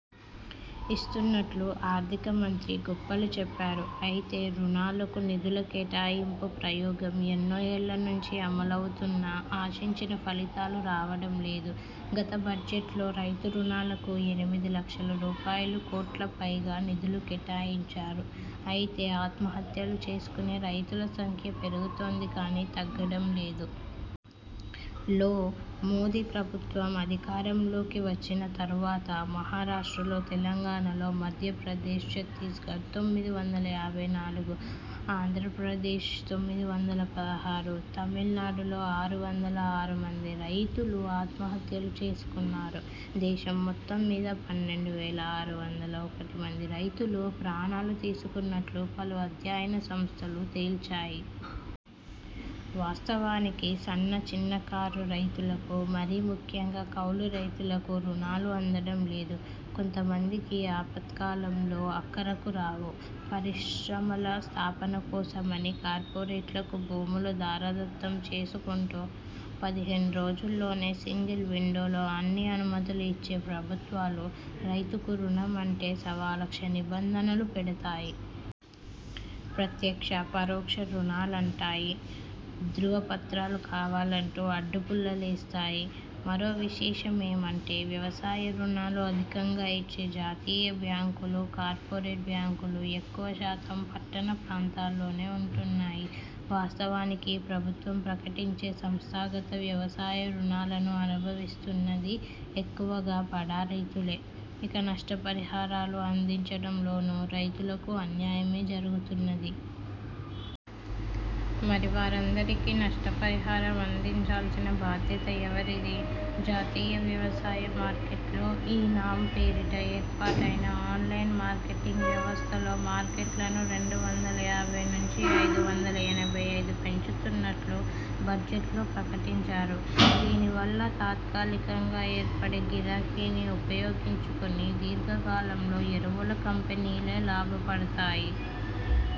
ఇస్తున్నట్లు ఆర్థికమంత్రి గొప్పలు చెప్పారు. అయితే రుణాలకు నిధుల కేటాయింపు ప్రయోగం ఎన్నో ఏళ్ల నుంచి అమలవుతున్నా ఆశించిన ఫలితాలు రావడం లేదు. గత బడ్జెట్లో రైతు రుణాలకు ఎనిమిది లక్షల రూపాయలు కోట్లపైగా నిధులు కేటాయించారు. అయితే ఆత్మహత్యలు చేసుకునే రైతుల సంఖ్య పెరుగుతోంది కానీ తగ్గడం లేదు. లో మోదీ ప్రభుత్వం అధికారంలోకి వచ్చిన తరువాత మహారాష్ట్రలో, తెలంగాణలో, మధ్యప్రదేశ్, ఛత్తీస్గఢ్ తొమ్మిది వందల యాభై నాలుగు, ఆంధ్రప్రదేశ్- తొమ్మిది వందల పదహారు, తమిళనాడులో ఆరు వందల ఆరు మంది రైతులు ఆత్మహత్యలు చేసుకున్నారు. దేశం మొత్తం మీద పన్నెండు వేల ఆరు వందల ఒకటి మంది రైతులు ప్రాణాలు తీసుకున్నట్లు పలు అధ్యయన సంస్థలు తేల్చాయి. వాస్తవానికి సన్న చిన్నకారు రైతులకు, మరీ ముఖ్యంగా కౌలు రైతులకు రుణాలు అందడం లేదు. కొద్దిమందికి ఆపత్కాలంలో అక్కరకు రావు. పరిశ్రమల స్థాపన కోసమని కార్పొరేట్లకు భూములు ధారాదత్తం చేసుకుంటూ పదిహేను రోజుల్లోనే సింగిల్ విండోలో అన్ని అనుమతులు ఇచ్చే ప్రభుత్వాలు రైతుకు రుణం అంటే సవాలక్ష నిబంధనలు పెడతాయి. ప్రత్యక్ష, పరోక్ష రుణాలంటాయి. ధ్రువపత్రాలు కావాలంటూ అడ్డు పుల్లలేస్తాయి. మరో విశేషమేమంటే వ్యవసాయ రుణాలు అధికంగా ఇచ్చే జాతీయ బ్యాంకులు, కార్పొరేట్ బ్యాంకులు ఎక్కువ శాతం పట్టణ ప్రాంతాల్లోనే ఉంటున్నాయి. వాస్తవానికి ప్రభుత్వం ప్రకటించే సంస్థాగత వ్యవసాయ రుణాలను అనుభవిస్తున్నది ఎక్కువగా బడా రైతులే. ఇక నష్ట పరిహారాలు అందించడం లోనూ రైతులకు అన్యాయమే జరుగుతున్నది. మరి వారందరికీ నష్టపరిహారం అందించాల్సిన బాధ్యత ఎవరిది? జాతీయ వ్యవసాయ మార్కెట్లు 'ఈ నామ్' పేరిట ఏర్పాటైన ఆన్లైన్ మార్కెటింగ్ వ్యవస్థలో మార్కెట్లను రెండు వందల యాభై నుంచి ఐదు వందల ఎనభై ఐదు పెంచుతున్నట్లు బడ్జెట్లో ప్రకటించారు. దీనివల్ల తాత్కాలికంగా ఏర్పడే గిరాకీని ఉపయోగించుకుని దీర్ఘకాలంలో ఎరువుల కంపెనీలే లాభపడతాయి.